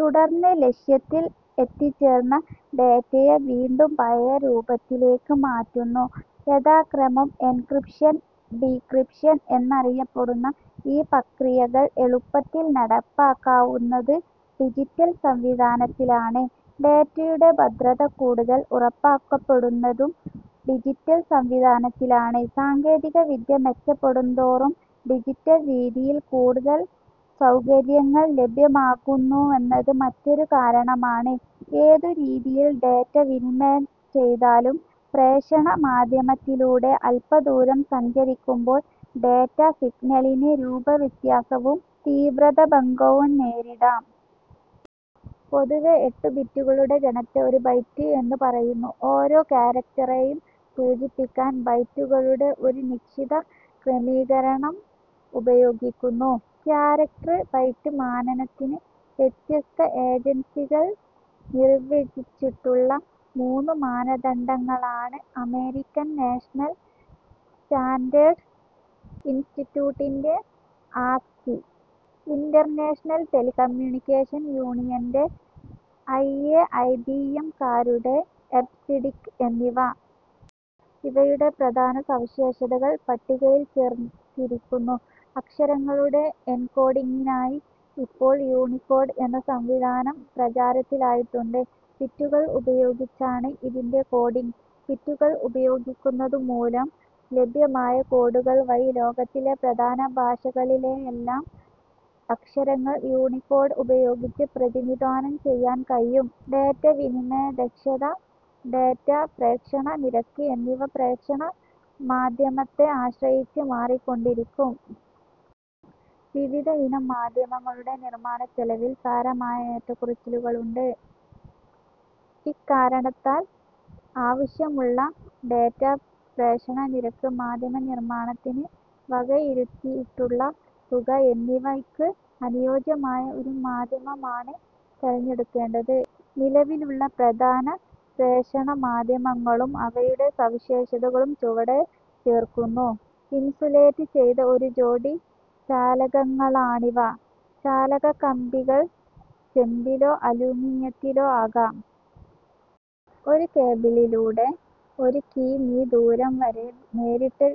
തുടർന്ന് ലക്ഷ്യത്തിൽ എത്തിച്ചേർന്ന ഡേറ്റയെ വീണ്ടും പഴയ രൂപത്തിലേക്കു മാറ്റുന്നു. യഥാക്രമം എൻക്രിപ്ഷൻ/ഡിക്രിപ്ഷൻ എന്നറിയപ്പെടുന്ന ഈ പ്രക്രിയകൾ എളുപ്പത്തിൽ നടപ്പാക്കാവുന്നത് ഡിജിറ്റൽ സംവിധാനത്തിലാണ്. ഡേറ്റയുടെ ഭദ്രത കൂടുതൽ ഉറപ്പാക്കപ്പെടുന്നതും ഡിജിറ്റൽ സംവിധാനത്തിലാണ്. സാങ്കേതികവിദ്യ മെച്ചപ്പെടുന്തോറും ഡിജിറ്റൽ രീതിയിൽ കൂടുതൽ സൌകര്യങ്ങൾ ലഭ്യമാകുന്നുവെന്നത് മറ്റൊരു കാരണമാണ്. ഏതു രീതിയിൽ ഡേറ്റ വിനിമയം ചെയ്താലും പ്രേഷണ മാധ്യമത്തിലൂടെ അല്പദൂരം സഞ്ചരിക്കുമ്പോൾ ഡേറ്റാ സിഗ്നലിന് രൂപവ്യത്യാസവും തീവ്രതാഭംഗവും നേരിടാം. പൊതുവേ എട്ടു ബിറ്റുകളുടെ ഗണത്തെ ഒരു ബൈറ്റ് എന്നു പറയുന്നു. ഓരോ ക്യാരക് റ്ററേയും സൂചിപ്പിക്കാൻ ബൈറ്റുകളുടെ ഒരു നിശ്ചിത ക്രമീകരണം ഉപയോഗിക്കുന്നു. ക്യാരക് റ്റർ ബൈറ്റ് മാനനത്തിന്, വ്യത്യസ്ത ഏജൻസികൾ നിർവചിച്ചിട്ടുള്ള മൂന്നു മാനദണ്ഡങ്ങളാണ് അമേരിക്കൻ നാഷണൽ സ്റ്റാൻഡേഡ് ഇൻസ്റ്റിറ്റ്യൂട്ടിന്റെ ആസ്കി, ഇന്റർനാഷണൽ ടെലിക്കമ്യൂണിക്കേഷൻ യൂണിയന്റെ ഐഎ, ഐബിഎം കാരുടെ എബ്സിഡിക് എന്നിവ. ഇവയുടെ പ്രധാന സവിശേഷതകൾ പട്ടികയിൽ ചേർത്തിരിക്കുന്നു. അക്ഷരങ്ങളുടെ എൻകോഡിങ്ങിനായി ഇപ്പോൾ യൂണികോഡ് എന്ന സംവിധാനം പ്രചാരത്തിലായിട്ടുണ്ട്. ബിറ്റുകൾ ഉപയോഗിച്ചാണ് ഇതിന്റെ കോഡിങ്. ബിറ്റുകൾ ഉപയോഗിക്കുന്നതുമൂലം ലഭ്യമായ കോഡുകൾ വഴി ലോകത്തിലെ പ്രധാന ഭാഷകളിലെയെല്ലാം അക്ഷരങ്ങൾ യൂണികോഡ് ഉപയോഗിച്ച് പ്രതിനിധാനം ചെയ്യാൻ കഴിയും. ഡേറ്റാ വിനിമയ ദക്ഷത, ഡേറ്റാ പ്രേഷണ നിരക്ക് എന്നിവ പ്രേഷണ മാധ്യമത്തെ ആശ്രയിച്ച് മാറിക്കൊണ്ടിരിക്കും. വിവിധയിനം മാധ്യമങ്ങളുടെ നിർമ്മാണച്ചെലവിൽ സാരമായ ഏറ്റക്കുറച്ചിലുകളുണ്ട്. ഇക്കാരണത്താൽ ആവശ്യമുള്ള ഡേറ്റാ പ്രേഷണ നിരക്ക്, മാധ്യമ നിർമ്മാണത്തിനു വകയിരുത്തിയിട്ടുള്ള തുക എന്നിവയ്ക്ക് അനുയോജ്യമായ ഒരു മാധ്യമമാണ് തിരഞ്ഞെടുക്കേണ്ടത്. നിലവിലുള്ള പ്രധാന പ്രേഷണ മാധ്യമങ്ങളും അവയുടെ സവിശേഷതകളും ചുവടെ ചേർക്കുന്നു. ഇൻസുലേറ്റ് ചെയ്ത ഒരു ജോഡി ചാലകങ്ങളാണിവ. ചാലക കമ്പികൾ ചെമ്പിലോ അലൂമിനിയത്തിലോ ആകാം. ഒരു കേബിളിലൂടെ ഒരു കി. മീ. ദൂരം വരെ നേരിട്ട്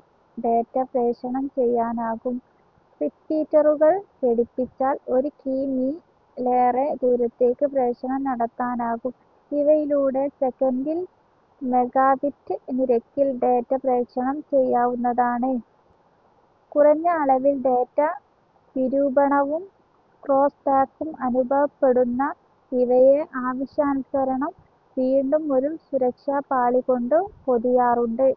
ഡേറ്റാ പ്രേഷണം ചെയ്യാനാകും. റിപ്പീറ്ററുകൾ ഘടിപ്പിച്ചാൽ ഒരു കി. മീ. -ലേറെ ദൂരത്തേക്കും പ്രേഷണം നടത്താനാകും. ഇവയിലൂടെ സെക്കൻഡിൽ മെഗാബിറ്റ് നിരക്കിൽ ഡേറ്റ പ്രേഷണം ചെയ്യാ വുന്നതാണ്. കുറഞ്ഞ അളവിൽ ഡേറ്റാ വിരൂപണവും ക്രോസ് ടാക്കും അനുഭവപ്പെടുന്ന ഇവയെ ആവശ്യാനുസരണം വീണ്ടും ഒരു സുരക്ഷാപാളികൊണ്ടു പൊതിയാറുണ്ട്.